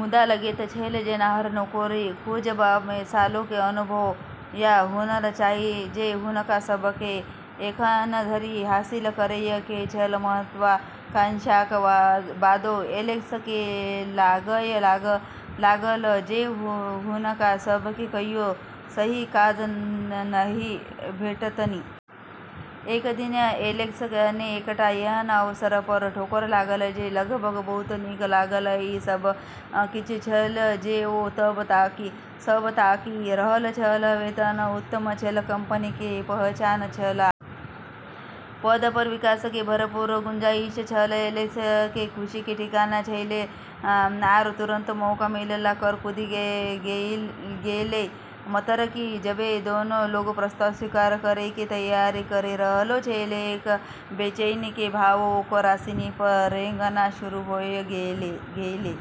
मुदा लगैत छल जेना हर नौकरी खुजबा मे सालों के अनुभव या हुनर चाही जे हुनका सब के एखन धरि हासिल करय के छल, महत्वाकांक्षाक बादो एलेक्स केँ लागय लागल जे हुनका सभ केँ कहियो सही काज नहि भेटतनि। एक दिन एलेक्स के एकटा एहन अवसर पर ठोकर लागल जे लगभग बहुत नीक लागल, ई सब किछु छल जे ओ सब ताकि रहल छल वेतन उत्तम छल, कंपनी के पहचान छल आ पद पर विकास के भरपूर गुंजाइश छल, एलेक्स के खुशी के ठिकाना छेलै आरो तुरंत मौका मिलला पर कूदी गेलै, मतरकि जबे दोनों लोग प्रस्ताव स्वीकार करै के तैयारी करी रहलो छेलै, एक बेचैनी के भाव ओकरा सिनी पर रेंगना शुरू होय गेलै।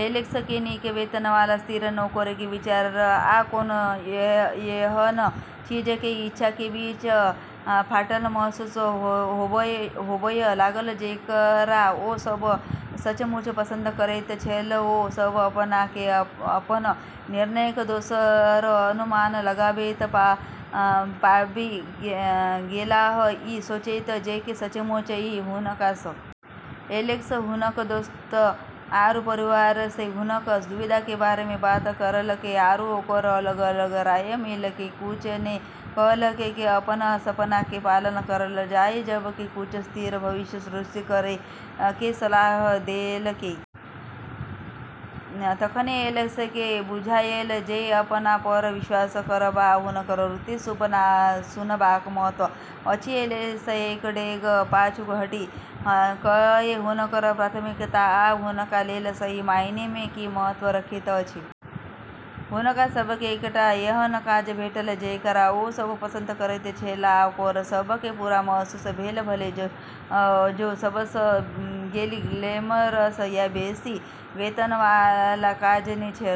एलेक्स के नीक वेतन वाला स्थिर नौकरी के विचार आ कोनो एहन चीज के इच्छा के बीच फाटल महसूस होबय लागल जेकरा ओ सब सचमुच पसंद करैत छल ओ सभ अपना केँ अपन निर्णयक दोसर अनुमान लगाबैत पाबि गेलाह, ई सोचैत जे की सचमुच ई हुनका सभक इच्छा छलनि। एलेक्स हुनकऽ दोस्त आरू परिवार से हुनकऽ दुविधा के बारे मे बात करलकै आरू ओकरा अलग-अलग राय मिललै, कुछ नै कहलकै कि अपनऽ सपना के पालन करलऽ जाय जबकि कुछ स्थिर भविष्य सुरक्षित करै के सलाह देलकै। तखने एलेक्स के बुझायल जे अपना पर विश्वास करब आ हुनकर वृत्ति सुनबाक महत्व अछि, एलेक्स एक डेग पाछू हटि कए हुनकर प्राथमिकता आ हुनका लेल सही मायने मे की महत्व रखैत अछि, हुनका सब के एकटा एहन काज भेटल जेकरा ओ सब पसंद करैत छल आ ओकरा सब के पूरा महसूस भेल, भले ओ सबस बेसी ग्लैमरस या बेसी वेतन वाला काज नै छल।